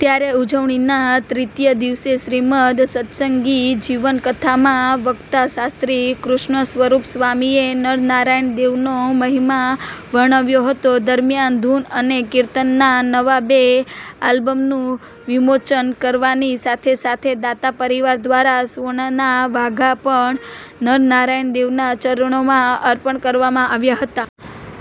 ત્યારે ઉજવણીનાં તૃતીય દિવસે શ્રીમદ્ સત્સંગીજીવન કથામાં વક્તા શાસ્ત્રી કૃષ્ણસ્વરૂપસ્વામીએ નરનારાયણ દેવનો મહિમા વર્ણવ્યો હતો. દરમિયાન ધુન અને કિર્તનનાં નવા બે આલ્બમનું વિમોચન કરવાની સાથે સાથે દાતા પરિવાર દ્વારા સુવર્ણના વાઘા પણ નરનારાયણ દેવનાં ચરણોમાં અર્પણ કરવામાં આવ્યા હતા.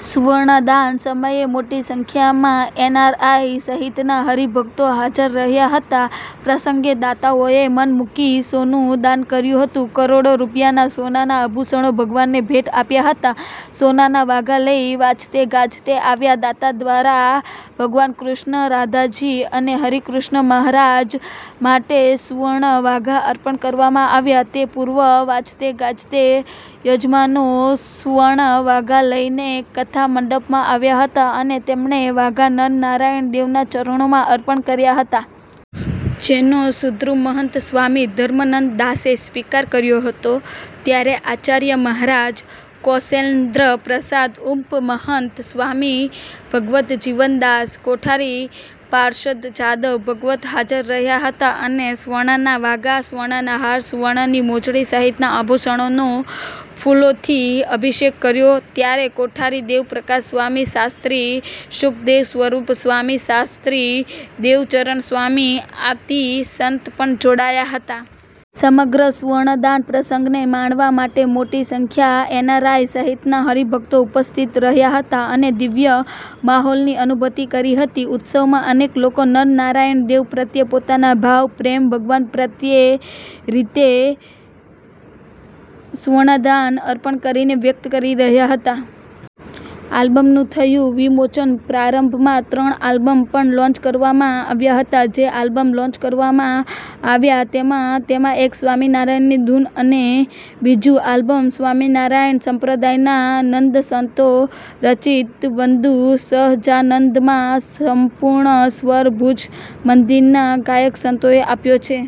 સુવર્ણદાન સમયે મોટી સંખ્યામાં એનઆરઆઇ સહિતના હરિભક્તો હાજર રહ્યા હતા. પ્રસંગે દાતાઓએ મન મુકીને સોનું દાન કર્યું હતું. કરોડો રૂપિયાના સોનાના આભૂષણો ભગવાનને ભેટ અપાયા હતા. સોનાના વાઘા લઈ વાજતે ગાજતે આવ્યા દાતા દ્વારા ભગવાન કૃષ્ણ, રાધાજી અને હરિકૃષ્ણ મહારાજ માટે સુવર્ણ વાઘા અર્પણ કરવામાં આવ્યા તે પૂર્વે વાજતેગાજતે યજમાનો સુવર્ણ વાઘા લઇને કથા મંડપમાં આવ્યા હતા અને તેમણેવાઘા નરનારાયણ દેવનાં ચરણોમાં અર્પણ કર્યા હતાં. જેનો સદ્ગુરૂ મહંતસ્વામી ધર્મનંદનદાસે સ્વીકાર કર્યો હતો. ત્યારે આચાર્ય મહારાજ કૌશલેન્દ્રપ્રસાદ, ઉપમહંત સ્વામી ભગવદજીવન દાસ, કોઠારી પાર્ષદ જાદવ ભગત હાજર રહ્યા હતા અને સુવર્ણના વાઘા, સુવર્ણના હાર, સુવર્ણની મોજડી સહિતનાં આભૂષણોનો ફુલોથી અભિષેક કર્યો ત્યારે કોઠારી દેવપ્રકાશસ્વામી, શાસ્ત્રી સુકદેવસ્વરૂપસ્વામી, શાસ્ત્રી દેવચરણસ્વામી આદિ સંતો પણ જોડાયા હતા. સમગ્ર સુવર્ણદાન પ્રસંગને માણવા માટે મોટી સંખ્યા એનઆરઆઇ સહિતનાં હરિભક્તો ઉપસ્થિત રહ્યા હતાં અને દિવ્ય માહોલની અનુભૂતિ કરી હતી. ઉત્સવમાં અનેક લોકો નરનારાયણ દેવ પ્રત્યે પોતાનો ભાવ, પ્રેમ ભગવાન પ્રત્યેરીતે સુવર્ણદાન અર્પણ કરીને વ્યક્ત કરી રહ્યા છે. આલ્બમનું થયું વિમોચન પ્રારંભમાં ત્રણ આલ્બમ પણ લોન્ચ કરવામાં આવ્યા હતાં. જે આબ્લમ લોન્ચ કરવામાં આવ્યા તેમાં તેમાં એક સ્વામિનારાયણની ધુન અને બીજુ આલ્બમ સ્વામિનારાયણ સંપ્રદાયના નંદ સંતો રચિત વંદુ શહજાનંદમાં સંપૂર્ણ સ્વર ભુજ મંદિરનાં ગાયક સંતોએ આપ્યો છે.